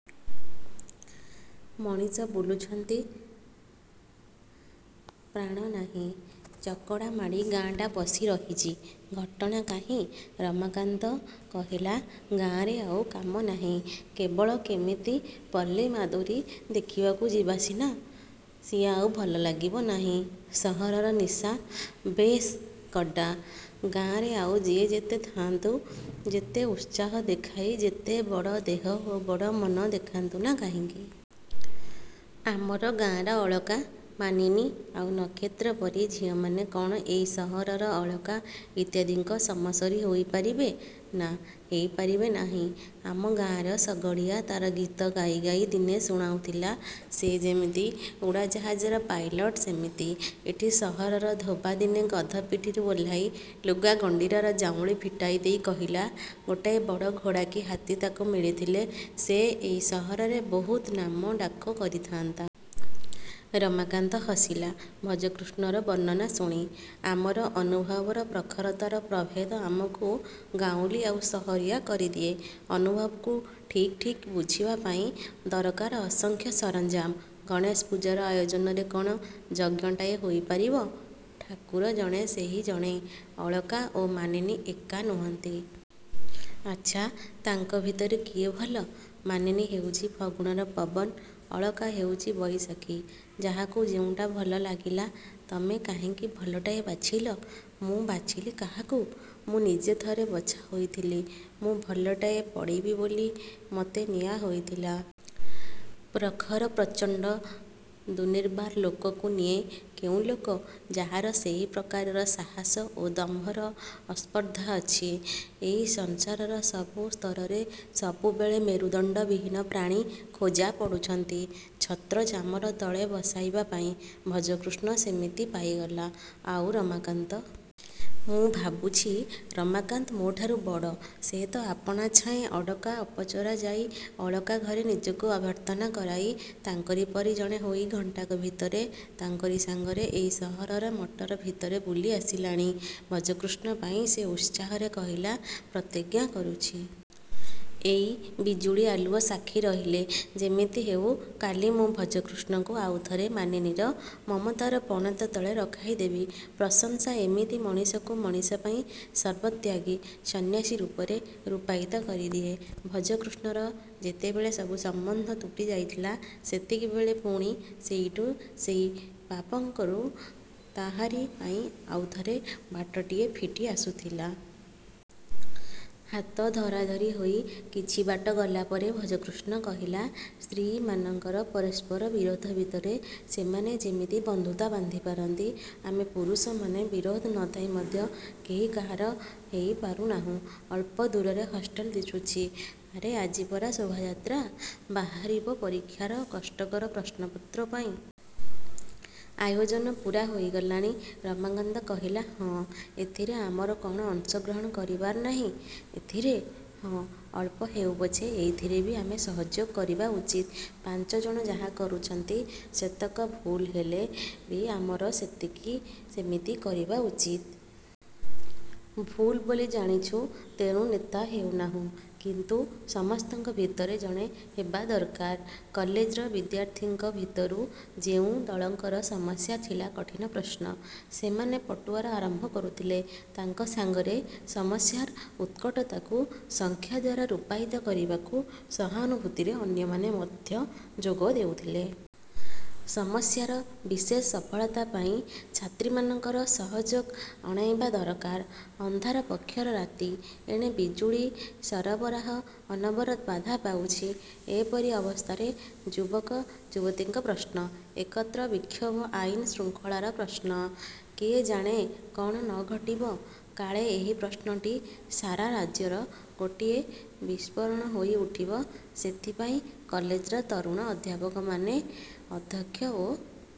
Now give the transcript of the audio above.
ମଣିଷ ବୁଲୁଛନ୍ତି-ପ୍ରାଣ ନାହିଁ। ଚକଡ଼ା ମାଡ଼ି ଗାଁଆଟା ବସି ରହିଛି-ଘଟଣା କାହିଁ? ରମାକାନ୍ତ କହିଲା। -ଗାଁରେ ଆଉ କାମ ନାହିଁ। କେବଳ କେମିତି ପଲ୍ଲୀ ମାଧୁରୀ ଦେଖିବାକୁ ଯିବା ସିନା। ସିଏ ଆଉ ଭଲ ଲାଗିବ ନାହିଁ। ସହରର ନିଶା ବେଶ୍ କଡ଼୍ଡ଼ା। ଗାଁରେ ଆଉ ଯିଏ ଯେତେ ଥାଆନ୍ତୁ-ଯେତେ ଉତ୍ସାହ ଦେଖାଇ ଯେତେ ବଡ଼ ଦେହ ଓ ବଡ଼ ମନ ଦେଖାନ୍ତୁ ନା କାହିଁକି? -ଆମର ଗାଁର ଅଳକା, ମାନିନୀ ଆଉ ନକ୍ଷତ୍ର ପରି ଝିଅମାନେ କ'ଣ ଏଇ ସହରର ଅଳକା ଇତ୍ୟାଦିଙ୍କ ସମସରି ହେଇପାରିବେ? -ନା, ହେଇ ପାରିବେ ନାହିଁ। ଆମ ଗାଁର ଶଗଡ଼ିଆ ତାର ଗୀତ ଗାଇ ଗାଇ ଦିନେ ଶୁଣାଉଥିଲା ସେ ଯେମିତି-ଉଡ଼ାଜାହାଜର ପାଇଲଟ୍ ସେମିତି। ଏଠି ସହରର ଧୋବା ଦିନେ ଗଧ ପିଠିରୁ ଓହ୍ଲାଇ ଲୁଗା ଗଣ୍ଡିରାର ଜାଉଁଳି ଫିଟାଇ ଦେଇ କହିଲା-ଗୋଟାଏ ବଡ଼ ଘୋଡ଼ା କି ହାତୀ ତାକୁ ମିଳିଥିଲେ ସେ ଏଇ ସହରରେ ବହୁତ ନାମ ଡାକ କରିଥାନ୍ତା। ରମାକାନ୍ତ ହସିଲା ଭଜକୃଷ୍ଣର ବର୍ଣ୍ଣନା ଶୁଣି। -ଆମର ଅନୁଭବର ପ୍ରଖରତାର ପ୍ରଭେଦ ଆମକୁ ଗାଉଁଲି ଆଉ ସହରିଆ କରିଦିଏ। ଅନୁଭବକୁ ଠିକ୍ ଠିକ୍ ବୁଝିବା ପାଇଁ ଦରକାର ଅସଂଖ୍ୟ ସରଞ୍ଜାମ। ଗଣେଶ ପୂଜାର ଆୟୋଜନରେ କ'ଣ ଯଜ୍ଞଟାଏ ହୋଇପାରିବ? ଠାକୁର ଜଣେ-ସେହି ଜଣେ। ଅଳକା ଓ ମାନିନୀ ଏକା ନୁହନ୍ତି। -ଆଚ୍ଛା, ତାଙ୍କ ଭିତରେ କିଏ ଭଲ? -ମାନିନୀ ହେଉଛି ଫଗୁଣର ପବନ। ଅଳକା ହେଉଛି ବଇଶାଖି। ଯାହାକୁ ଯେଉଁଟା ଭଲ ଲାଗିଲା। -ତମେ କାହିଁକି ଭଲଟାଏ ବାଛିଲ? -ମୁଁ ବାଛିଲି କାହାକୁ? ମୁଁ ନିଜେ ଥରେ ବଛା ହୋଇଥିଲି। ମୁଁ ଭଲଟାଏ ପଡ଼ିବି ବୋଲି ମତେ ନିଆ ହୋଇଥିଲା। ପ୍ରଖର, ପ୍ରଚଣ୍ଡ, ଦୁନିର୍ବାର ଲୋକକୁ ନିଏ କେଉଁ ଲୋକ? -ଯାହାର ସେହି ପ୍ରକାରର ସାହସ ଓ ଦମ୍ଭର ଅସ୍ପର୍ଦ୍ଧା ଅଛି। ଏଇ ସଂସାରର ସବୁ ସ୍ତରରେ ସବୁବେଳେ ମେରୁଦଣ୍ଡ-ବିହୀନ ପ୍ରାଣୀ ଖୋଜା ପଡ଼ୁଛନ୍ତି ଛତ୍ର ଚାମର ତଳେ ବସାଇବା ପାଇଁ। ଭଜକୃଷ୍ଣ ସେମିତି ପାଇଗଲା। -ଆଉ ରମାକାନ୍ତ? -ମୁଁ ଭାବୁଛି ରମାକାନ୍ତ ମୋଠାରୁ ବଡ଼। ସେ ତ ଆପାଣାଛାଏଁ ଅଡ଼କା ଅପଚରା ଯାଇ ଅଳକା ଘରେ ନିଜକୁ ଅଭ୍ୟର୍ଥନା କରାଇ ତାଙ୍କରି ପରି ଜଣେ ହୋଇ ଘଣ୍ଟାକ ଭିତରେ ତାଙ୍କରି ସାଙ୍ଗରେ ଏଇ ସହରରେ ମଟର ଭିତରେ ବୁଲି ଆସିଲାଣି। ଭଜକୃଷ୍ଣ ପାଇଁ ସେ ଉତ୍ସାହରେ କହିଲା-ପ୍ରତିଜ୍ଞା କରୁଛି। ଏଇ ବିଜୁଳି ଆଲୁଅ ସାକ୍ଷୀ ରହିଲେ-ଯେମିତି ହେଉ କାଲି ମୁଁ ଭଜକୃଷ୍ଣକୁ ଆଉ ଥରେ ମାନିନୀର ମମତାର ପଣତ ତଳେ ରଖାଇଦେବି। ପ୍ରଶଂସା ଏମିତି ମଣିଷକୁ ମଣିଷ ପାଇଁ ସର୍ବତ୍ୟାଗୀ ସନ୍ନ୍ୟାସୀ ରୂପରେ ରୂପାୟିତ କରିଦିଏ। ଭଜକୃଷ୍ଣର ଯେତେବେଳେ ସବୁ ସମ୍ୱନ୍ଧ ତୁଟି ଯାଇଥିଲା ସେତିକିବେଳେ ପୁଣି ସେଇଠୁ ସେଇ ପାପପଙ୍କରୁ ତାହାରି ପାଇଁ ଆଉଥରେ ବାଟଟିଏ ଫିଟି ଆସୁଥିଲା। ହାତ ଧରାଧରି ହୋଇ କିଛି ବାଟ ଗଲା ପରେ ଭଜକୃଷ୍ଣ କହିଲା ସ୍ତ୍ରୀମାନଙ୍କର ପରସ୍ପର ବିରୋଧ ଭିତରେ ସେମାନେ ଯେମିତି ବନ୍ଧୁତା ବାନ୍ଧି ପାରନ୍ତି ଆମେ ପୁରୁଷମାନେ ବିରୋଧ ନ ଥାଇ ମଧ୍ୟ କେହି କାହାର ହେଇ ପାରୁନାହୁଁ। ଅଳ୍ପ ଦୂରରେ ହଷ୍ଟେଲ ଦିଶୁଛି। -ଆରେ ଆଜି ପରା ଶୋଭାଯାତ୍ରା ବାହାରିବ ପରୀକ୍ଷାର କଷ୍ଟକର ପ୍ରଶ୍ନପତ୍ର ପାଇଁ? ଆୟୋଜନ ପୂରା ହେଇଗଲାଣି-ରମାକାନ୍ତ କହିଲା। -ହଁ। -ଏଥିରେ ଆମର କ'ଣ ଅଂଶ ଗ୍ରହଣ କରିବାର ନାହିଁ? -ଏଥିରେ? -ହଁ, ଅଳ୍ପ ହେଉ ପଛକେ ଏଇଥିରେ ବି ଆମେ ସହଯୋଗ କରିବା ଉଚିତ୍। ପାଞ୍ଚଜଣ ଯାହା କରୁଛନ୍ତି ସେତକ ଭୁଲ୍ ହେଲେ ବି ଆମର ସେମିତି କରିବା ଉଚିତ୍। ଭୁଲ୍ ବୋଲି ଜାଣିଛୁ ତେଣୁ ନେତା ହେଉ ନାହୁଁ। କିନ୍ତୁ ସମସ୍ତଙ୍କ ଭିତରେ ଜଣେ ହେବା ଦରକାର। କଲେଜର ବିଦ୍ୟାର୍ଥୀଙ୍କ ଭିତରୁ ଯେଉଁ ଦଳଙ୍କର ସମସ୍ୟା ଥିଲା କଠିନ ପ୍ରଶ୍ନ-ସେମାନେ ପଟୁଆର ଆରମ୍ଭ କରୁଥିଲେ। ତାଙ୍କ ସାଙ୍ଗରେ ସମସ୍ୟାର ଉତ୍କଟତାକୁ ସଂଖ୍ୟା ଦ୍ୱାରା ରୂପାୟିତ କରିବାକୁ ସହାନୁଭୂତିରେ ଅନ୍ୟମାନେ ମଧ୍ୟ ଯୋଗ ଦେଉଥିଲେ। ସମସ୍ୟାର ବିଶେଷ ସଫଳତା ପାଇଁ ଛାତ୍ରୀମାନଙ୍କର ସହଯୋଗ ଅଣାଇବା ଦରକାର। ଅନ୍ଧାର ପକ୍ଷର ରାତି। ଏଣେ ବିଜୁଳି ସରବରାହ ଅନବରତ ବାଧା ପାଉଛି। ଏପରି ଅବସ୍ଥାରେ ଯୁବକ ଯୁବତୀଙ୍କ -ଏକତ୍ର ବିକ୍ଷୋଭ ଆଇନ ଶୃଙ୍ଗଳାର ପ୍ରଶ୍ନ। କିଏ ଜାଣେ କ'ଣ ନ ଘଟିବ? କାଳେ ଏହି ପ୍ରଶ୍ନଟି ସାରା ରାଜ୍ୟର ଗୋଟିଏ ବିସ୍ଫୋରଣ ହୋଇ ଉଠିବ ସେଥିପାଇଁ କଲେଜର ତରୁଣ ଅଧ୍ୟାପକମାନେ, ଅଧ୍ୟକ୍ଷ ଓ।